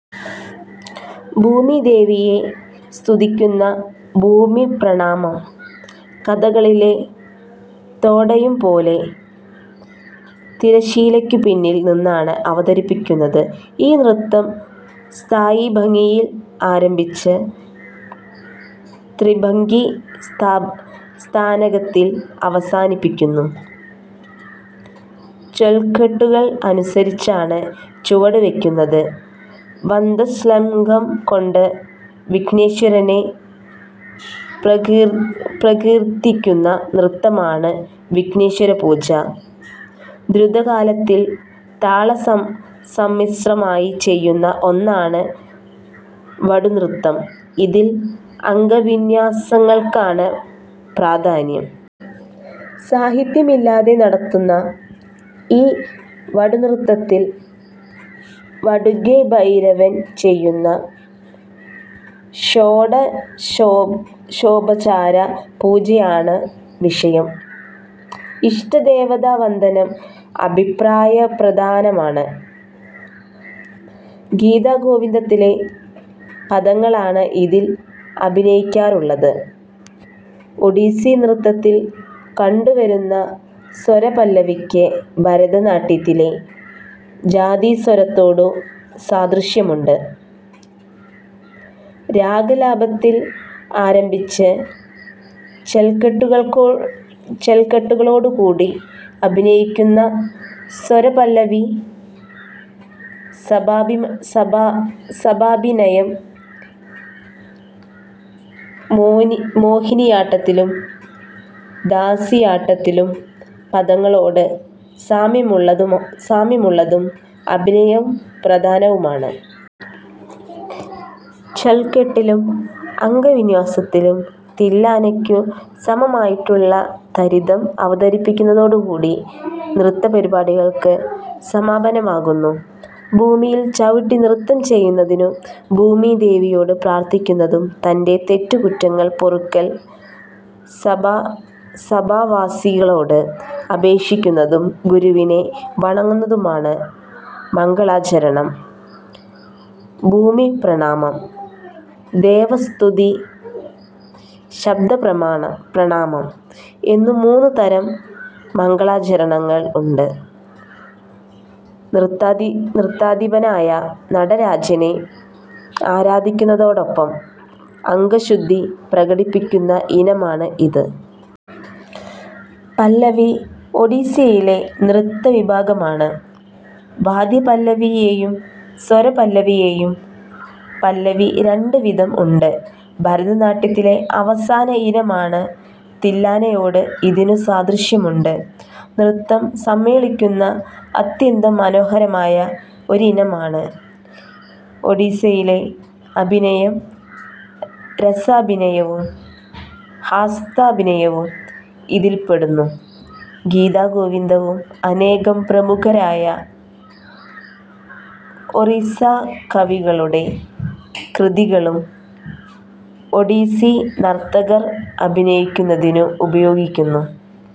ഭൂമിദേവിയെ സ്തുതിക്കുന്ന ഭൂമിപ്രണാമം കഥകളിയിലെ തോടയം പോലെ തിരശീലയ്ക്കു പിന്നിൽ നിന്നാണ് അവതരിപ്പിക്കുന്നത്. ഈ നൃത്തം സ്ഥായിഭംഗിയിൽ ആരഭിച്ച് ത്രിഭംഗി സ്ഥാനകത്തിൽ അവസാനിക്കുന്നു. ചൊൽക്കെട്ടുകൾ അനുസരിച്ചാണ് ചുവടുവയ്ക്കുന്നത്. വന്ദശ്ലൊകം കൊണ്ട് വിഘ്നേശ്വരനെ പ്രകീർത്തിക്കുന്ന നൃത്തമാണ് വിഘ്നേശ്വരപൂജ. ദ്രുതകാലത്തിൽ താളസമ്മിശ്രമായി ചെയ്യുന്ന ഒന്നാണ് വടുനൃത്തം. ഇതിൽ അംഗവിന്യാസങ്ങൾക്കാണ് പ്രാധാന്യം. സാഹിത്യമില്ലാതെ നടത്തുന്ന ഈ വടുനൃത്തത്തിൽ വടുകഭൈരവൻ ചെയ്യുന്ന ഷോഡശോപചാര പൂജയാണ് വിഷയം. ഇഷ്ടദേവതാവന്ദനം അഭിനയപ്രധാനമാണ്. ഗീതഗോവിന്ദത്തിലെ പദങ്ങളാണ് ഇതിൽ അഭിനയിക്കാറുള്ളത്. ഒഡീസി നൃത്തത്തിൽ കണ്ടുവരുന്ന സ്വരപല്ലവിക്ക് ഭരതനാട്യത്തിലെ ജാതിസ്വരത്തോടു സാദൃശ്യമുണ്ട്. രാഗാലാപത്തിൽ ആരംഭിച്ച് ചൊൽക്കെട്ടുകളോടുകൂടി അഭിനയിക്കുന്നതാണ് സ്വരപല്ലവി. സഭാഭിനയം മോനിയാട്ടത്തിലേയും ദാസിയാട്ടത്തിലെയും പദങ്ങളോട് സാമ്യമുള്ളതും അഭിനയ പ്രധാനവുമാണ്. ചൊൽക്കെട്ടിലും അംഗവിന്യാസത്തിലും തില്ലാനയ്ക്കു സമമായിട്ടുള്ള തരിത്ധം അവതരിപ്പിക്കുന്നതോടുകൂടി നൃത്തപരിപാടിക്ക് സമാപനമാകുന്നു. ഭൂമിയിൽ ചവിട്ടി നൃത്തം ചെയ്യുന്നതിനു ഭൂമിദേവിയോട് പ്രാർത്ഥിക്കുന്നതും തന്റെ തെറ്റുകുറ്റങ്ങൾ പൊറുക്കാൻ സഭാവാസികളോട് അപേക്ഷിക്കുന്നതും, ഗുരുവിനെ വണങ്ങുന്നതുമാണ് "മംഗളാചരണം". ഭൂമിപ്രണാമം, ദേവസ്തുതി, ശബ്ദപ്രണാമം, എന്നു മൂന്നു തരം മംഗളാചരണങ്ങൾ ഉണ്ട്. നൃത്താധിപനായ നടരാജനെ ആരാധിക്കുന്നതോടൊപ്പം അംഗശുദ്ധി പ്രകടിപ്പിക്കുന്ന ഇനമാണ് ഇത്. പല്ലവി" ഒഡിസ്സിയിലെ നൃത്തവിഭാഗമാണ്. വാദ്യപല്ലവിയെന്നും, സ്വരപല്ലവിയെന്നും പല്ലവി രണ്ട് വിധം ഉണ്ട്. ഭരതനാട്യത്തിലെ അവസാന ഇനമായ തില്ലാനയോട് ഇതിനു് സാദൃശ്യമുണ്ട്. നൃത്തം സമ്മേളിക്കുന്ന അത്യന്തം മനോഹരമായ ഒരിനമാണ് ഒഡിസ്സിയിലെ "അഭിനയം". രസാഭിനയവും ഹസ്താഭിനയവും ഇതിൽപെടുന്നു. ഗീതഗോവിന്ദവും, അനേകം പ്രമുഖരായ ഒറിസ്സാകവികളുടെ കൃതികളും ഒഡിസ്സി നർത്തകർ അഭിനയത്തിനു ഉപയോഗിക്കുന്നു.